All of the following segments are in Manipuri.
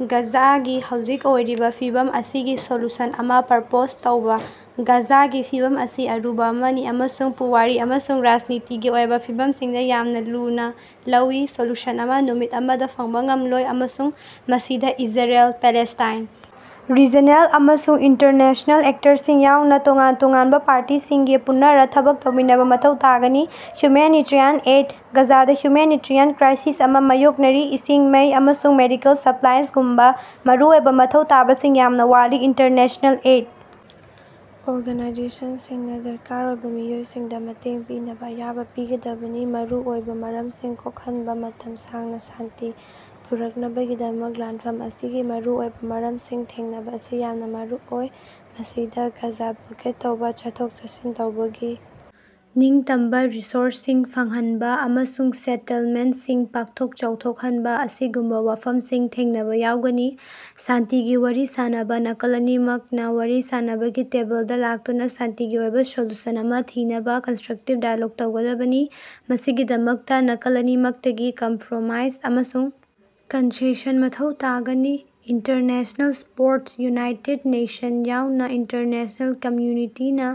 ꯒꯥꯖꯥꯒꯤ ꯍꯧꯖꯤꯛ ꯑꯣꯏꯔꯤꯕ ꯐꯤꯚꯝ ꯑꯁꯤꯒꯤ ꯁꯣꯂꯨꯁꯟ ꯑꯃ ꯄ꯭ꯔꯄꯣꯖ ꯇꯧꯕ꯫ ꯒꯥꯖꯥꯒꯤ ꯐꯤꯚꯝ ꯑꯁꯤ ꯑꯔꯨꯕ ꯑꯃꯅꯤ ꯑꯃꯁꯨꯡ ꯄꯨꯋꯥꯔꯤ ꯑꯃꯁꯨꯡ ꯔꯥꯖꯅꯤꯇꯤꯒꯤ ꯑꯣꯏꯕ ꯋꯥꯐꯝꯁꯤꯡꯗ ꯌꯥꯝꯅ ꯂꯨꯅꯥ ꯂꯧꯏ꯫ ꯁꯣꯂꯨꯁꯟ ꯑꯃ ꯅꯨꯃꯤꯠ ꯑꯃꯗ ꯐꯪꯕ ꯉꯝꯂꯣꯏ, ꯑꯃꯁꯨꯡ ꯃꯁꯤꯗ ꯏꯖꯔꯦꯜ, ꯄꯦꯂꯦꯁ꯭ꯇꯥꯏꯟ, ꯔꯤꯖꯅꯦꯜ ꯑꯃꯁꯨꯡ ꯏꯟꯇꯔꯅꯦꯁ꯭ꯅꯦꯜ ꯑꯦꯛꯇꯔꯁꯤꯡ ꯌꯥꯎꯅ ꯇꯣꯉꯥꯟ ꯇꯣꯉꯥꯟꯕ ꯄꯥꯔꯇꯤꯁꯤꯡꯒꯤ ꯄꯨꯟꯅꯥꫪ ꯊꯕꯛ ꯇꯧꯃꯤꯟꯅꯕꯥ ꯃꯊꯧ ꯇꯥꯒꯅꯤ꯫ ꯍ꯭ꯌꯨꯃꯦꯅꯤꯇꯔꯤꯌꯥꯟ ꯑꯦꯗ - ꯒꯥꯖꯥꯗ ꯍ꯭ꯌꯨꯃꯦꯅꯤꯇꯔꯤꯌꯥꯟ ꯀ꯭ꯔꯥꯏꯁꯤꯁ ꯑꯃ ꯃꯥꯌꯣꯛꯅꯔꯤ, ꯏꯁꯤꯡ, ꯃꯩ, ꯑꯃꯁꯨꯡ ꯃꯦꯗꯤꯀꯦꯜ ꯁꯄ꯭ꯂꯥꯏꯒꯨꯝꯕ ꯃꯔꯨꯑꯣꯏꯕ ꯃꯊꯧ ꯇꯥꯕꯁꯤꯡ ꯌꯥꯝꯅ ꯋꯥꯠꯂꯤ꯫ ꯏꯟꯇꯔꯅꯦꯁ꯭ꯅꯦꯜ ꯑꯦꯗ ꯑꯣꯔꯒꯅꯥꯏꯖꯦꯁꯟꯁꯤꯡꯅ ꯗꯔꯀꯥꯔ ꯑꯣꯏꯕ ꯃꯤꯑꯣꯏꯁꯤꯡꯗ ꯃꯇꯦꯡ ꯄꯤꯅꯕꯥ ꯑꯌꯥꯕ ꯄꯤꯒꯗꯕꯅꯤ꯫ ꯃꯔꯨ ꯑꯣꯏꯕ ꯃꯔꯝꯁꯤꯡ ꯀꯣꯛꯍꯟꯕ - ꯃꯇꯝ ꯁꯥꯡꯅ ꯁꯥꯟꯇꯤ ꯄꯨꯔꯛꯅꯕꯒꯤꯗꯃꯛ ꯂꯥꯟꯐꯝ ꯑꯁꯤꯒꯤ ꯃꯔꯨ ꯑꯣꯏꯕ ꯃꯔꯝꯁꯤꯡ ꯊꯦꯡꯅꯕꯥ ꯑꯁꯤ ꯌꯥꯝꯅ ꯃꯔꯨ ꯑꯣꯏ꯫ ꯃꯁꯤꯗ ꯒꯥꯖꯥ ꯕ꯭ꯂꯣꯀꯦꯗ ꯇꯧꯕ, ꯆꯠꯊꯣꯛ-ꯆꯠꯁꯤꯟ ꯇꯧꯕꯒꯤ ꯅꯤꯡꯇꯝꯕ, ꯔꯤꯁꯣꯔꯁꯁꯤꯡ ꯐꯪꯍꯟꯕ, ꯑꯃꯁꯨꯡ ꯁꯦꯇꯜꯃꯦꯟꯇꯁꯤꯡ ꯄꯥꯛꯊꯣꯛ ꯆꯥꯎꯊꯣꯛꯍꯟꯕ ꯑꯁꯤꯒꯨꯝꯕ ꯋꯥꯐꯝꯁꯤꯡ ꯊꯦꯡꯅꯕ ꯌꯥꯎꯒꯅꯤ꯫ ꯁꯥꯟꯇꯤꯒꯤ ꯋꯥꯔꯤ ꯁꯥꯅꯕꯥ -ꯅꯥꯀꯜ ꯑꯅꯤꯃꯛꯅ ꯋꯥꯔꯤ ꯁꯥꯅꯕꯒꯤ ꯇꯦꯕꯜꯗꯥ ꯂꯥꯛꯇꯨꯅ ꯁꯥꯟꯇꯤꯒꯤ ꯑꯣꯏꯕ ꯁꯣꯂꯨꯁꯟ ꯑꯃ ꯊꯤꯅꯕꯥ ꯀꯟꯁꯇ꯭ꯔꯛꯇꯤꯕ ꯗꯥꯏꯂꯣꯒ ꯇꯧꯒꯗꯕꯅꯤ꯫ ꯃꯁꯤꯒꯤꯗꯃꯛꯇ ꯅꯥꯀꯜ ꯑꯅꯤꯃꯛꯇꯒꯤ ꯀꯝꯐ꯭ꯔꯣꯃꯥꯏꯖ ꯑꯃꯁꯨꯡ ꯀꯟꯁꯦꯁꯟ ꯃꯊꯧ ꯇꯥꯒꯅꯤ꯫ ꯏꯟꯇꯔꯅꯦꯁ꯭ꯅꯦꯜ ꯁꯄꯣꯔꯠ - ꯌꯨꯅꯥꯏꯇꯦꯗ ꯅꯦꯁꯟꯁ ꯌꯥꯎꯅ ꯏꯟꯇꯔꯅꯦꯁ꯭ꯅꯦꯜ ꯀꯝꯃ꯭ꯌꯨꯅꯤꯇꯤꯅ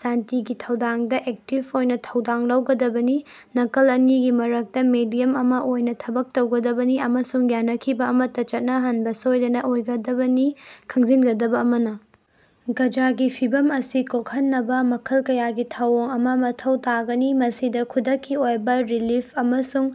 ꯁꯥꯟꯇꯤꯒꯤ ꯊꯧꯗꯥꯡꯗ ꯑꯦꯛꯇꯤꯕ ꯑꯣꯏꯅ ꯊꯧꯗꯥꯡ ꯂꯧꯒꯗꯕꯅꯤ, ꯅꯥꯀꯜ ꯑꯅꯤꯒꯤ ꯃꯔꯛꯇ ꯃꯦꯗꯤꯌꯝ ꯑꯃ ꯑꯣꯏꯅ ꯊꯕꯛ ꯇꯧꯒꯗꯕꯅꯤ ꯑꯃꯁꯨꯡ ꯌꯥꯅꯈꯤꯕ ꯑꯃꯠꯇ ꯆꯠꯅꯍꯟꯕ ꯁꯣꯏꯗꯅ ꯑꯣꯏꯒꯗꯕꯅꯤ꯫ ꯈꯪꯖꯤꯟꯒꯗꯕꯥ ꯑꯃꯅ, ꯒꯥꯖꯥꯒꯤ ꯐꯤꯚꯝ ꯑꯁꯤ ꯀꯣꯛꯍꯟꯅꯕ ꯃꯈꯜ ꯀꯌꯥꯒꯤ ꯊꯧꯑꯣꯡ ꯑꯃ ꯃꯊꯧ ꯇꯥꯒꯅꯤ, ꯃꯁꯤꯗ ꯈꯨꯗꯛꯀꯤ ꯑꯣꯏꯕ ꯔꯤꯂꯤꯐ ꯑꯃꯁꯨꯡ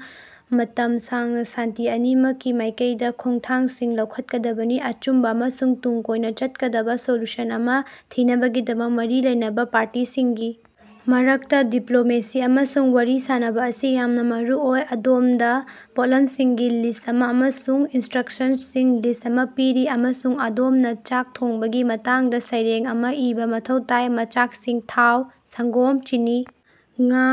ꯃꯇꯝ ꯁꯥꯡꯅ ꯁꯥꯟꯇꯤ ꯑꯅꯤꯃꯛꯀꯤ ꯃꯥꯏꯀꯩꯗ ꯈꯣꯡꯊꯥꯡꯁꯤꯡ ꯂꯧꯈꯠꯀꯗꯕꯅꯤ꯫ ꯑꯆꯨꯝꯕ ꯑꯃꯁꯨꯡ ꯇꯨꯡ ꯀꯣꯏꯅ ꯆꯠꯀꯗꯕ ꯁꯣꯂꯨꯁꯟ ꯑꯃ‌ ꯊꯤꯅꯕꯒꯤꯗꯃꯛ ꯃꯔꯤ ꯂꯩꯅꯕ ꯄꯥꯔꯇꯤꯁꯤꯡꯒꯤ ꯃꯔꯛꯇ ꯗꯤꯄ꯭ꯂꯣꯃꯦꯁꯤ ꯑꯃꯁꯨꯡ ꯋꯥꯔꯤ ꯁꯥꯅꯕꯥ ꯑꯁꯤ ꯌꯥꯝꯅ ꯃꯔꯨ ꯑꯣꯏ꯫ ꯑꯗꯣꯝꯗ ꯄꯣꯠꯂꯝꯁꯤꯡꯒꯤ ꯂꯤꯁ꯭ꯠ ꯑꯃ ꯑꯃꯁꯨꯡ ꯏꯟꯁꯇ꯭ꯔꯛꯁꯟꯁꯤꯡꯒꯤ ꯂꯤꯁ꯭ꯠ ꯑꯃ ꯄꯤꯔꯤ, ꯑꯃꯁꯨꯡ ꯑꯗꯣꯝꯅ ꯆꯥꯛ ꯊꯣꯡꯕꯒꯤ ꯃꯇꯥꯡꯗ ꯁꯩꯔꯦꯡ ꯑꯃ ꯏꯕꯥ ꯃꯊꯧ ꯇꯥꯏ꯫ ꯃꯆꯥꯛꯁꯤꯡ - ꯊꯥꯎ, ꯁꯪꯒꯣꯝ, ꯆꯤꯅꯤ, ꯉꯥ꯫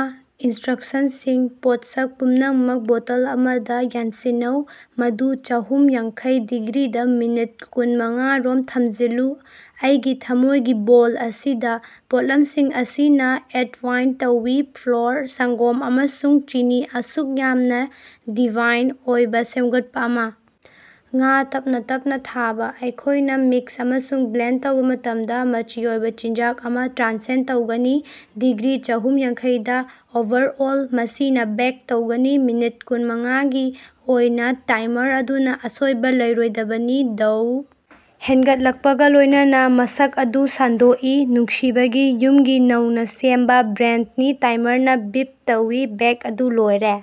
ꯏꯟꯁꯇ꯭ꯔꯛꯁꯟꯁꯤꯡ -ꯄꯣꯠꯁꯛ ꯄꯨꯝꯅꯃꯛ ꯕꯣꯇꯜ ꯑꯃꯗ ꯌꯥꯟꯁꯤꯟꯅꯧ, ꯃꯗꯨ ꯆꯥꯍꯨꯝ ꯌꯥꯡꯈꯩ ꯗꯤꯒ꯭ꯔꯤꯗꯥ ꯃꯤꯅꯠ ꯀꯨꯟ ꯃꯉꯥꯔꯣꯝ ꯊꯝꯖꯤꯜꯂꯨ꯫ ꯑꯩꯒꯤ ꯊꯝꯃꯣꯏꯒꯤ ꯕꯣꯜ ꯑꯁꯤꯗ, ꯄꯣꯠꯂꯝꯁꯤꯡ ꯑꯁꯤꯅ ꯑꯦꯟꯇꯋꯥꯏꯟ ꯇꯧꯏ ꯐ꯭ꯂꯣꯔ, ꯁꯪꯒꯣꯝ, ꯑꯃꯁꯨꯡ ꯆꯤꯅꯤ, ꯑꯁꯨꯛ ꯌꯥꯝꯅ ꯗꯤꯚꯥꯏꯟ ꯑꯣꯏꯕ ꯁꯦꯝꯒꯠꯄ ꯑꯃ, ꯉꯥ ꯇꯞꯅꯥ ꯇꯞꯅꯥ ꯊꯥꯕ, ꯑꯩꯈꯣꯏꯅ ꯃꯤꯛꯁ ꯑꯃꯁꯨꯡ ꯕ꯭ꯂꯦꯟꯗ ꯇꯧꯕ ꯃꯇꯝꯗ, ꯃꯆꯤ ꯑꯣꯏꯕ ꯆꯤꯟꯖꯥꯛ ꯑꯃ ꯇ꯭ꯔꯥꯟꯁꯦꯟꯗ ꯇꯧꯒꯅꯤ꯫ ꯗꯤꯒ꯭ꯔꯤ ꯆꯥꯍꯨꯝ ꯌꯥꯡꯈꯩ ꯗꯥ ꯑꯣꯚꯔꯑꯣꯜꯗ, ꯃꯁꯤꯅ ꯕꯦꯛ ꯇꯧꯒꯅꯤ, ꯃꯤꯅꯠ ꯀꯨꯟ ꯃꯉꯥꯒꯤ ꯑꯣꯏꯅ ꯇꯥꯏꯃꯔ ꯑꯗꯨꯅ ꯑꯁꯣꯏꯕ ꯂꯩꯔꯣꯏꯗꯕꯅꯤ꯫ ꯗꯣꯎ ꯍꯦꯟꯒꯠꯂꯛꯄꯒ ꯂꯣꯏꯅꯅꯥ ꯃꯁꯛ ꯑꯗꯨ ꯁꯟꯗꯣꯛꯏ, ꯅꯨꯡꯁꯤꯕꯒꯤ, ꯌꯨꯝꯒꯤ, ꯅꯧꯅ ꯁꯦꯝꯕ ꯕ꯭ꯔꯦꯗꯅꯤ, ꯇꯥꯏꯃꯔꯅ ꯕꯤꯞ ꯇꯧꯏ, ꯕꯦꯛ ꯑꯗꯨ ꯂꯣꯏꯔꯦ꯫